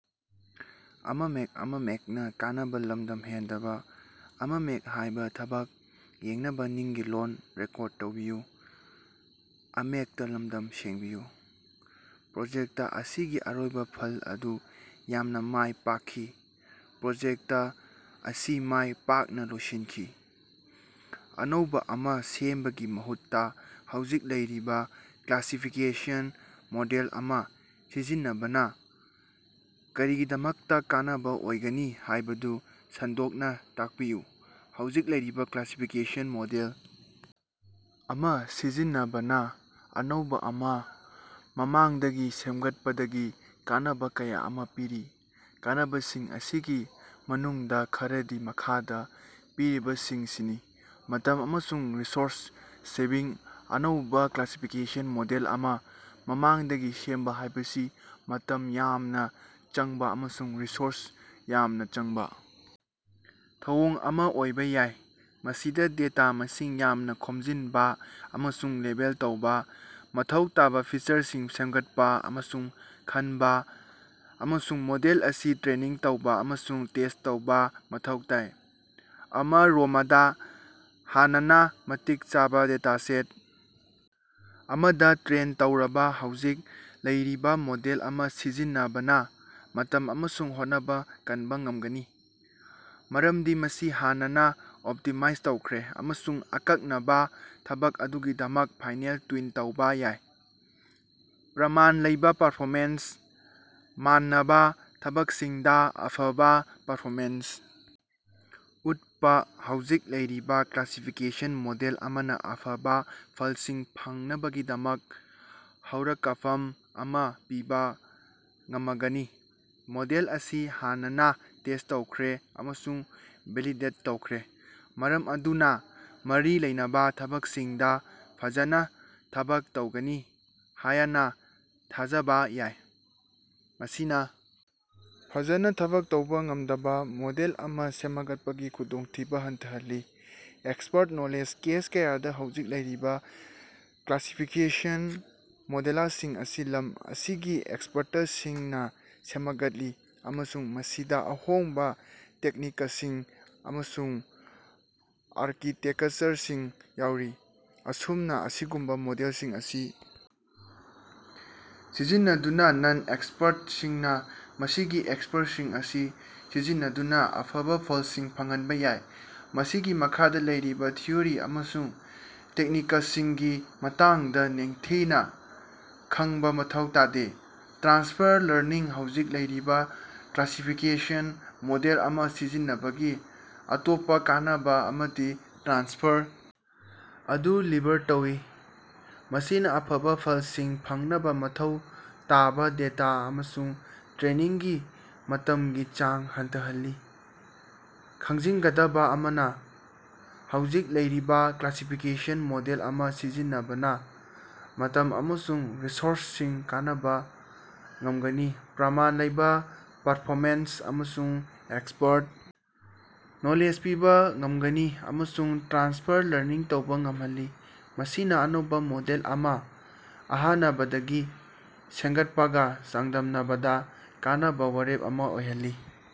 Project ꯑꯁꯤꯒꯤ ꯑꯔꯣꯏꯕꯥ ꯐꯜ ꯑꯗꯨ ꯌꯥꯝꯅꯥ ꯃꯥꯏ ꯄꯥꯛꯈꯤ꯫ ꯄ꯭ꯔꯣꯖꯦꯛꯇ ꯑꯁꯤ ꯃꯥꯢ ꯄꯥꯛꯅꯥ ꯂꯣꯏꯁꯤꯟꯈꯤ꯫। ꯑꯅꯧꯕꯥ ꯑꯃꯥ ꯁꯦꯝꯕꯒꯤ ꯃꯍꯨꯠꯇꯥ ꯍꯧꯖꯤꯛ ꯂꯩꯔꯤꯕꯥ ꯀ꯭ꯂꯥꯁꯤꯐꯤꯀꯦꯁꯟ ꯃꯣꯗꯦꯜ ꯑꯃꯥ ꯁꯤꯖꯤꯟꯅꯕꯅꯥ ꯀꯔꯤꯒꯤꯗꯃꯛꯇꯥ ꯀꯥꯟꯅꯕꯥ ꯑꯣꯏꯒꯅꯤ ꯍꯥꯏꯕꯗꯨ ꯁꯟꯗꯣꯛꯅꯥ ꯇꯥꯛꯄꯤꯌꯨ꯫ ꯍꯧꯖꯤꯛ ꯂꯩꯔꯤꯕꯥ ꯀ꯭ꯂꯥꯁꯤꯐꯤꯀꯦꯁꯟ ꯃꯣꯗꯦꯜ ꯑꯃꯥ ꯁꯤꯖꯤꯟꯅꯕꯅꯥ ꯑꯅꯧꯕꯥ ꯑꯃꯥ ꯃꯃꯥꯡꯗꯒꯤ ꯁꯦꯝꯒꯠꯄꯗꯒꯤ ꯀꯥꯟꯅꯕꯥ ꯀꯌꯥ ꯑꯃꯥ ꯄꯤꯔꯤ꯫ ꯀꯥꯟꯅꯕꯁꯤꯡ ꯑꯁꯤꯒꯤ ꯃꯅꯨꯡꯗꯥ ꯈꯔꯗꯤ ꯃꯈꯥꯗꯥ ꯄꯤꯔꯤꯕꯁꯤꯡꯁꯤꯅꯤ: ꯃꯇꯝ ꯑꯃꯁꯨꯡ ꯔꯤꯁꯣꯔꯁ-ꯁꯦꯚꯤꯡ: ꯑꯅꯧꯕꯥ ꯀ꯭ꯂꯥꯁꯤꯐꯤꯀꯦꯁꯟ ꯃꯣꯗꯦꯜ ꯑꯃꯥ ꯃꯃꯥꯡꯗꯒꯤ ꯁꯦꯝꯕꯥ ꯍꯥꯏꯕꯁꯤ ꯃꯇꯝ ꯌꯥꯝꯅꯥ ꯆꯪꯕꯥ ꯑꯃꯁꯨꯡ ꯔꯤꯁꯣꯔꯁ ꯌꯥꯝꯅꯥ ꯆꯪꯕꯥ ꯊꯧꯑꯣꯡ ꯑꯃꯥ ꯑꯣꯏꯕꯥ ꯌꯥꯏ꯫ ꯃꯁꯤꯗꯥ ꯗꯦꯇꯥ ꯃꯁꯤꯡ ꯌꯥꯝꯅꯥ ꯈꯣꯝꯖꯤꯟꯕꯥ ꯑꯃꯁꯨꯡ ꯂꯦꯕꯦꯜ ꯇꯧꯕꯥ, ꯃꯊꯧ ꯇꯥꯕꯥ ꯐꯤꯆꯔꯁꯤꯡ ꯁꯦꯝꯒꯠꯄꯥ ꯑꯃꯁꯨꯡ ꯈꯟꯕꯥ, ꯑꯃꯁꯨꯡ ꯃꯣꯗꯦꯜ ꯑꯁꯤ ꯇ꯭ꯔꯦꯅꯤꯡ ꯇꯧꯕꯥ ꯑꯃꯁꯨꯡ ꯇꯦꯁ꯭ꯠ ꯇꯧꯕꯥ ꯃꯊꯧ ꯇꯥꯏ꯫ ꯑꯃꯔꯣꯃꯗꯥ, ꯍꯥꯟꯅꯅꯥ ꯃꯇꯤꯛ ꯆꯥꯕꯥ ꯗꯦꯇꯥꯁꯦꯠ ꯑꯃꯗꯥ ꯇ꯭ꯔꯦꯟ ꯇꯧꯔꯕꯥ ꯍꯧꯖꯤꯛ ꯂꯩꯔꯤꯕꯥ ꯃꯣꯗꯦꯜ ꯑꯃꯥ ꯁꯤꯖꯤꯟꯅꯕꯅꯥ ꯃꯇꯝ ꯑꯃꯁꯨꯡ ꯍꯣꯠꯅꯕꯥ ꯀꯟꯕꯥ ꯉꯝꯒꯅꯤ꯫ ꯃꯔꯝꯗꯤ ꯃꯁꯤ ꯍꯥꯟꯅꯅꯥ ꯑꯣꯞꯇꯤꯃꯥꯏꯖ ꯇꯧꯈ꯭ꯔꯦ꯫ ꯑꯃꯁꯨꯡ ꯑꯀꯛꯅꯕꯥ ꯊꯕꯛ ꯑꯗꯨꯒꯤꯗꯃꯛ ꯐꯥꯏꯅꯦꯜ ꯇ꯭ꯌꯨꯟ ꯇꯧꯕꯥ ꯌꯥꯏ꯫ ꯄ꯭ꯔꯃꯥꯟ ꯂꯩꯕꯥ ꯄꯔꯐꯣꯃꯦꯟꯁ: ꯃꯥꯟꯅꯕꯥ ꯊꯕꯛꯁꯤꯡꯗꯥ ꯑꯐꯕꯥ ꯄꯔꯐꯣꯃꯦꯟꯁ ꯎꯠꯄꯥ ꯍꯧꯖꯤꯛ ꯂꯩꯔꯤꯕꯥ ꯀ꯭ꯂꯥꯁꯤꯐꯤꯀꯦꯁꯟ ꯃꯣꯗꯦꯜ ꯑꯃꯅꯥ ꯑꯐꯕꯥ ꯐꯜꯁꯤꯡ ꯐꯪꯅꯕꯒꯤꯗꯃꯛ ꯍꯧꯔꯀꯐꯝ ꯑꯃꯥ ꯄꯤꯕꯥ ꯉꯃꯒꯅꯤ꯫ ꯃꯣꯗꯦꯜ ꯑꯁꯤ ꯍꯥꯟꯅꯅꯥ ꯇꯦꯁ꯭ꯠ ꯇꯧꯈ꯭ꯔꯦ ꯑꯃꯁꯨꯡ ꯚꯦꯂꯤꯗꯦꯠ ꯇꯧꯈ꯭ꯔꯦ꯫ ꯃꯔꯝ ꯑꯗꯨꯅꯥ ꯃꯔꯤ ꯂꯩꯅꯕꯥ ꯊꯕꯛꯁꯤꯡꯗꯥ ꯐꯖꯅꯥ ꯊꯕꯛ ꯇꯧꯒꯅꯤ ꯍꯥꯌꯅꯥ ꯊꯥꯖꯕꯥ ꯌꯥꯏ꯫ ꯃꯁꯤꯅꯥ ꯐꯖꯅꯥ ꯊꯕꯛ ꯇꯧꯕꯥ ꯉꯝꯗꯕꯥ ꯃꯣꯗꯦꯜ ꯑꯃꯥ ꯁꯦꯃꯒꯠꯄꯒꯤ ꯈꯨꯗꯣꯡꯊꯤꯕꯥ ꯍꯟꯊꯍꯜꯂꯤ꯫ ꯑꯦꯛꯁꯄ꯭ꯔꯠ ꯅꯣꯂꯦꯖ: ꯀꯦꯁ ꯀꯌꯥꯗꯥ ꯍꯧꯖꯤꯛ ꯂꯩꯔꯤꯕꯥ ꯀ꯭ꯂꯥꯁꯤꯐꯤꯀꯦꯁꯟ ꯃꯣꯗꯦꯂꯁꯤꯡ ꯑꯁꯤ ꯂꯝ ꯑꯁꯤꯒꯤ ꯑꯦꯛꯁꯄꯔꯇꯁꯤꯡꯅꯥ ꯁꯦꯃꯒꯠꯂꯤ ꯑꯃꯁꯨꯡ ꯃꯁꯤꯗꯥ ꯑꯍꯣꯡꯕꯥ ꯇꯦꯛꯅꯤꯀꯁꯤꯡ ꯑꯃꯁꯨꯡ ꯑꯥꯔꯀꯤꯇꯦꯀꯆꯔꯁꯤꯡ ꯌꯥꯎꯔꯤ꯫ ꯑꯁꯨꯝꯅꯥ, ꯑꯁꯤꯒꯨꯝꯕꯥ ꯃꯣꯗꯦꯜꯁꯤꯡ ꯑꯁꯤ ꯁꯤꯖꯤꯟꯅꯗꯨꯅꯥ, ꯅꯟ-ꯑꯦꯛꯁꯄꯔꯇꯁꯤꯡꯅꯥ ꯃꯁꯤꯒꯤ ꯑꯦꯛꯁꯄꯔꯇꯁꯤꯡ ꯑꯁꯤ ꯁꯤꯖꯤꯟꯅꯗꯨꯅꯥ ꯑꯐꯕꯥ ꯐꯜꯁꯤꯡ ꯐꯪꯍꯟꯕꯥ ꯌꯥꯏ꯫ ꯃꯁꯤꯒꯤ ꯃꯈꯥꯗꯥ ꯂꯩꯔꯤꯕꯥ ꯊꯤꯑꯣꯔꯤ ꯑꯃꯁꯨꯡ ꯇꯦꯛꯅꯤꯀꯁꯤꯡꯒꯤ ꯃꯇꯥꯡꯗꯥ ꯅꯤꯡꯊꯤꯅꯥ ꯈꯪꯕꯥ ꯃꯊꯧ ꯇꯥꯗꯦ꯫ ꯇ꯭ꯔꯥꯟꯁꯐꯔ ꯂꯔꯅꯤꯡ: ꯍꯧꯖꯤꯛ ꯂꯩꯔꯤꯕꯥ ꯀ꯭ꯂꯥꯁꯤꯐꯤꯀꯦꯁꯟ ꯃꯣꯗꯦꯜ ꯑꯃꯥ ꯁꯤꯖꯤꯟꯅꯕꯒꯤ ꯑꯇꯣꯞꯄꯥ ꯀꯥꯟꯅꯕꯥ ꯑꯃꯗꯤ ꯇ꯭ꯔꯥꯟꯁꯐꯔ ꯑꯗꯨ ꯂꯤꯚꯔ ꯇꯧꯢ꯫, ꯃꯁꯤꯅꯥ ꯑꯐꯕꯥ ꯐꯜꯁꯤꯡ ꯐꯪꯅꯕꯥ ꯃꯊꯧ ꯇꯥꯕꯥ ꯗꯦꯇꯥ ꯑꯃꯁꯨꯡ ꯇ꯭ꯔꯦꯅꯤꯡꯒꯤ ꯃꯇꯝꯒꯤ ꯆꯥꯡ ꯍꯟꯊꯍꯜꯂꯤ꯫ ꯈꯪꯖꯤꯟꯒꯗꯕꯥ ꯑꯃꯅꯥ, ꯍꯧꯖꯤꯛ ꯂꯩꯔꯤꯕꯥ ꯀ꯭ꯂꯥꯁꯤꯐꯤꯀꯦꯁꯟ ꯃꯣꯗꯦꯜ ꯑꯃꯥ ꯁꯤꯖꯤꯟꯅꯕꯅꯥ ꯃꯇꯝ ꯑꯃꯁꯨꯡ ꯔꯤꯁꯣꯔꯁꯁꯤꯡ ꯀꯅꯕꯥ ꯉꯝꯒꯅꯤ꯫ ꯄ꯭ꯔꯃꯥꯟ ꯂꯩꯕꯥ ꯄꯔꯐꯣꯃꯦꯟꯁ ꯑꯃꯁꯨꯡ ꯑꯦꯛꯁꯄꯔꯠ ꯅꯣꯂꯦꯖ ꯄꯤꯕꯥ ꯉꯝꯒꯅꯤ꯫ ꯑꯃꯁꯨꯡ ꯇ꯭ꯔꯥꯟꯁꯐꯔ ꯂꯔꯅꯤꯡ ꯇꯧꯕꯥ ꯉꯝꯍꯜꯂꯤ꯫ ꯃꯁꯤꯅꯥ ꯑꯅꯧꯕꯥ ꯃꯣꯗꯦꯜ ꯑꯃꯥ ꯑꯍꯥꯅꯕꯗꯒꯤ ꯁꯦꯝꯒꯠꯄꯒꯥ ꯆꯥꯡꯗꯝꯅꯕꯗꯥ ꯀꯥꯟꯅꯕꯥ ꯋꯥꯔꯦꯞ ꯑꯃꯥ ꯑꯣꯏꯍꯜꯂꯤ꯫